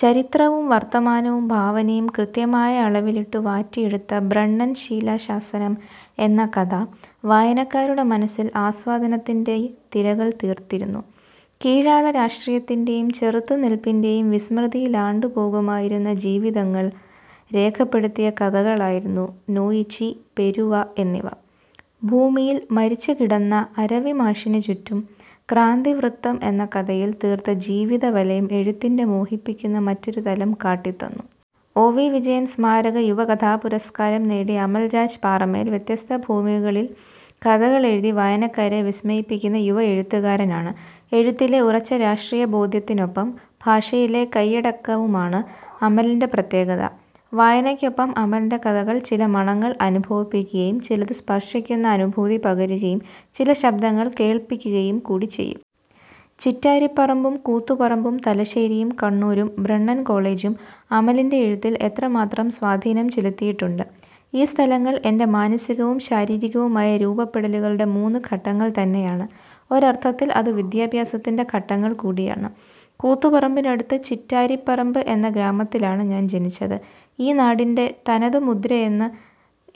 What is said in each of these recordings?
ചരിത്രവും വർത്തമാനവും ഭാവനയും കൃത്യമായ അളവിലിട്ടു വാറ്റിയെടുത്ത ' ബ്രണ്ണൻ ശിലാശാസനം ' എന്ന കഥ വായനക്കാരുടെ മനസ്സിൽ ആസ്വാദനത്തിന്റെ തിരകൾ തീർത്തിരുന്നു. കീഴാള രാഷ്ട്രീയത്തിന്റെയും ചെറുത്തുനിൽപിന്റെയും, വിസ്മൃതിയിലാണ്ടുപോകുമായിരുന്ന ജീവിതങ്ങൾ രേഖപ്പെടുത്തിയ കഥകളായിരുന്നു നൊയിച്ചി, പെരുവ എന്നിവ. ' ഭൂമി'യിൽ മരിച്ചുകിടന്ന അരവിമാഷിനു ചുറ്റും ' ക്രാന്തിവൃത്തം ' എന്ന കഥയിൽ തീർത്ത ജീവിതവലയം എഴുത്തിന്റെ മോഹിപ്പിക്കുന്ന മറ്റൊരു തലം കാട്ടിത്തന്നു. ഒ. വി. വിജയൻ സ്മാരക യുവ കഥാപുരസ്കാരം നേടിയ അമൽരാജ് പാറേമ്മൽ വ്യത്യസ്ത ഭൂമികകളിൽ കഥകളെഴുതി വായനക്കാരെ വിസ്മയിപ്പിക്കുന്ന യുവ എഴുത്തുകാരനാണ്. എഴുത്തിലെ ഉറച്ച രാഷ്ട്രീയബോധ്യത്തിനൊപ്പം ഭാഷയിലെ കയ്യടക്കവുമാണ് അമലിന്റെ പ്രത്യേകത. വായനയ്ക്കൊപ്പം അമലിന്റെ കഥകൾ ചില മണങ്ങൾ അനുഭവിപ്പിക്കുകയും ചിലതു സ്പർശിക്കുന്ന അനുഭൂതി പകരുകയും ചില ശബ്ദങ്ങൾ കേൾപ്പിക്കുകയും കൂടി ചെയ്യും. ചിറ്റാരിപ്പറമ്പും കൂത്തുപറമ്പും തലശ്ശേരിയും കണ്ണൂരും ബ്രണ്ണൻ കോളജും അമലിന്റെ എഴുത്തിൽ എത്ര മാത്രം സ്വാധീനം ചെലുത്തിയിട്ടുണ്ട്? ഈ സ്ഥലങ്ങൾ എന്റെ മാനസികവും ശാരീരികവുമായ രൂപപ്പെടലുകളുടെ മൂന്നു ഘട്ടങ്ങൾ തന്നെയാണ്. ഒരർഥത്തിൽ അതു വിദ്യാഭ്യാസത്തിന്റെ ഘട്ടങ്ങൾ കൂടിയാണ്. കൂത്തുപറമ്പിനടുത്തു ചിറ്റാരിപ്പറമ്പ് എന്ന ഗ്രാമത്തിലാണു ഞാൻ ജനിച്ചത്. ഈ നാടിന്റെ തനതുമുദ്രയെന്ന്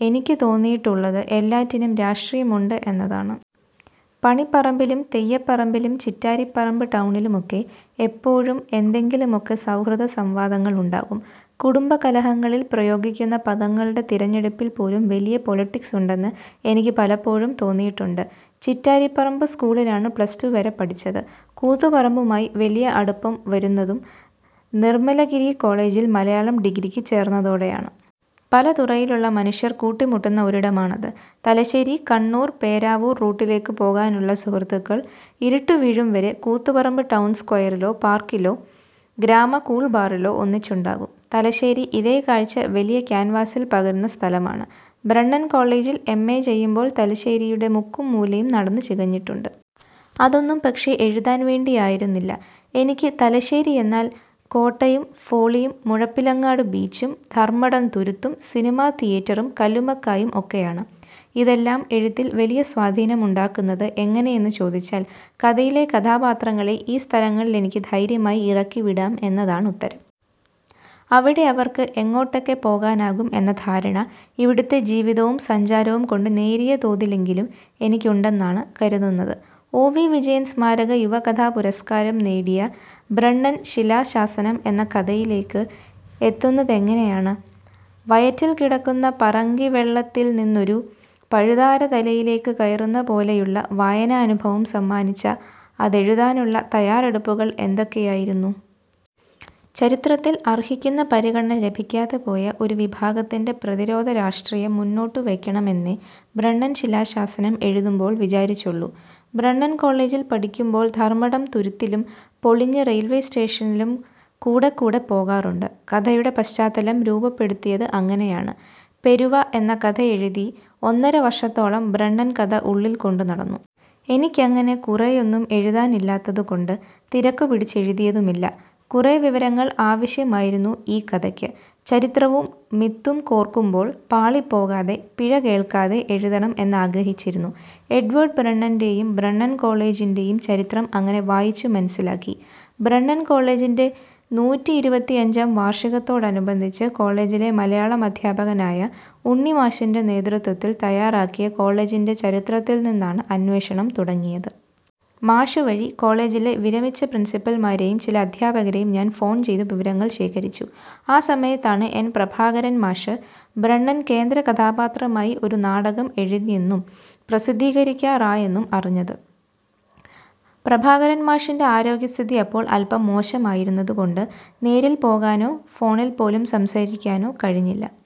എനിക്കു തോന്നിയിട്ടുള്ളത് എല്ലാറ്റിനും രാഷ്ട്രീയമുണ്ട് എന്നതാണ്. പണിപ്പറമ്പിലും തെയ്യപ്പറമ്പിലും ചിറ്റാരിപ്പറമ്പ് ടൗണിലും ഒക്കെ എപ്പോഴും എന്തെങ്കിലുമൊക്കെ സൗഹൃദ സംവാദങ്ങൾ ഉണ്ടാകും. കുടുംബ കലഹങ്ങളിൽ പ്രയോഗിക്കുന്ന പദങ്ങളുടെ തിരഞ്ഞെടുപ്പിൽ പോലും വലിയ പൊളിറ്റിക്സ് ഉണ്ടെന്ന് എനിക്കു പലപ്പോഴും തോന്നിയിട്ടുണ്ട്. ചിറ്റാരിപ്പറമ്പ് സ്കൂളിലാണു പ്ലസ്ടു വരെ പഠിച്ചത്. കൂത്തുപറമ്പുമായി വലിയ അടുപ്പം വരുന്നതു നിർമലഗിരി കോളജിൽ മലയാളം ഡിഗ്രിക്ക് ചേർന്നതോടെയാണ്. പല തുറയിലുള്ള മനുഷ്യർ കൂട്ടിമുട്ടുന്ന ഒരിടമാണ് അത്. തലശ്ശേരി, കണ്ണൂർ, പേരാവൂർ റൂട്ടിലേക്ക് പോകാനുള്ള സുഹൃത്തുക്കൾ ഇരുട്ടു വീഴും വരെ കൂത്തുപറമ്പ് ടൗൺ സ്ക്വയറിലോ പാർക്കിലോ ഗ്രാമ കൂൾബാറിലോ ഒന്നിച്ചുണ്ടാകും. തലശ്ശേരി ഇതേ കാഴ്ച വലിയ കാൻവാസിൽ പകരുന്ന സ്ഥലമാണ്. ബ്രണ്ണൻ കോളജിൽ എംഎ ചെയ്യുമ്പോൾ തലശ്ശേരിയുടെ മുക്കും മൂലയും നടന്നു ചികഞ്ഞിട്ടുണ്ട്. അതൊന്നും പക്ഷേ, എഴുതാൻ വേണ്ടിയായിരുന്നില്ല. എനിക്കു തലശ്ശേരിയെന്നാൽ കോട്ടയും ഫോളിയും മുഴപ്പിലങ്ങാട് ബീച്ചും ധർമടം തുരുത്തും സിനിമാ തിയറ്ററും കല്ലുമ്മക്കായും ഒക്കെയാണ്. ഇതെല്ലാം എഴുത്തിൽ വലിയ സ്വാധീനം ഉണ്ടാക്കുന്നത് എങ്ങനെ എന്നു ചോദിച്ചാൽ കഥയിലെ കഥാപാത്രങ്ങളെ ഈ സ്ഥലങ്ങളിൽ എനിക്ക് ധൈര്യമായി ഇറക്കി വിടാം എന്നതാണ് ഉത്തരം. അവിടെ അവർക്ക് എങ്ങോട്ടൊക്കെ പോകാനാകും എന്ന ധാരണ ഇവിടുത്തെ ജീവിതവും സഞ്ചാരവും കൊണ്ടു നേരിയ തോതിലെങ്കിലും എനിക്കുണ്ടെന്നാണു കരുതുന്നത്. ഒ. വി. വിജയൻ സ്മാരക യുവകഥാപുരസ്കാരം നേടിയ ' ബ്രണ്ണൻ ശിലാശാസനം ' എന്ന കഥയിലേക്ക് എത്തുന്നതെങ്ങനെയാണ്? വയറ്റിൽ കിടക്കുന്ന പറങ്കിവെള്ളത്തിൽ നിന്നൊരു പഴുതാര തലയിലേക്ക് കയറുന്ന പോലെയുള്ള വായനാനുഭവം സമ്മാനിച്ച അതെഴുതാനുള്ള തയാറെടുപ്പുകൾ എന്തൊക്കെയായിരുന്നു? ചരിത്രത്തിൽ അർഹിക്കുന്ന പരിഗണന ലഭിക്കാതെ പോയ ഒരു വിഭാഗത്തിന്റെ പ്രതിരോധ രാഷ്ട്രീയം മുന്നോട്ടുവയ്ക്കണമെന്നേ ' ബ്രണ്ണൻ ശിലാശാസനം ' എഴുതുമ്പോൾ വിചാരിച്ചുള്ളൂ. ബ്രണ്ണൻ കോളജിൽ പഠിക്കുമ്പോൾ ധർമടം തുരുത്തിലും പൊളിഞ്ഞ റയിൽവേ സ്റ്റേഷനിലും കൂടെക്കൂടെ പോകാറുണ്ട്. കഥയുടെ പശ്ചാത്തലം രൂപപ്പെടുത്തിയത് അങ്ങനെയാണ്. ' പെരുവ ' എന്ന കഥയെഴുതി ഒന്നര വർഷത്തോളം ബ്രണ്ണൻകഥ ഉള്ളിൽ കൊണ്ടു നടന്നു. എനിക്കങ്ങനെ കുറെയൊന്നും എഴുതാനില്ലാത്തതു കൊണ്ടു തിരക്കുപിടിച്ച് എഴുതിയതുമില്ല. കുറേ വിവരങ്ങൾ ആവശ്യമായിരുന്നു ഈ കഥയ്ക്ക്. ചരിത്രവും മിത്തും കോർക്കുമ്പോൾ പാളിപ്പോകാതെ, പഴി കേൾക്കാതെ എഴുതണം എന്ന് ആഗ്രഹിച്ചിരുന്നു. എഡ്വേഡ് ബ്രണ്ണന്റെയും ബ്രണ്ണൻ കോളജിന്റെയും ചരിത്രം അങ്ങനെ വായിച്ചു മനസ്സിലാക്കി. ബ്രണ്ണൻ കോളജിന്റെ നൂറ്റിഇരുപത്തിഅഞ്ചാം വാർഷികത്തോടനുബന്ധിച്ചു കോളജിലെ മലയാളം അധ്യാപകനായ ഉണ്ണിമാഷിന്റെ നേതൃത്വത്തിൽ തയാറാക്കിയ കോളജിന്റെ ചരിത്രത്തിൽ നിന്നാണ് അന്വേഷണം തുടങ്ങിയത്. മാഷ് വഴി, കോളജിലെ വിരമിച്ച പ്രിൻസിപ്പൽമാരെയും ചില അധ്യാപകരെയും ഞാൻ ഫോൺ ചെയ്തു വിവരങ്ങൾ ശേഖരിച്ചു. ആ സമയത്താണ് എൻ. പ്രഭാകരൻ മാഷ് ബ്രണ്ണൻ കേന്ദ്ര കഥാപാത്രമായി ഒരു നാടകം എഴുതിയെന്നും പ്രസിദ്ധീകരിക്കാറായെന്നും അറിഞ്ഞത്. പ്രഭാകരൻ മാഷിന്റെ ആരോഗ്യസ്ഥിതി അപ്പോൾ അൽപം മോശമായിരുന്നതു കൊണ്ടു നേരിൽ പോകാനോ ഫോണിൽ പോലും സംസാരിക്കാനോ കഴിഞ്ഞില്ല.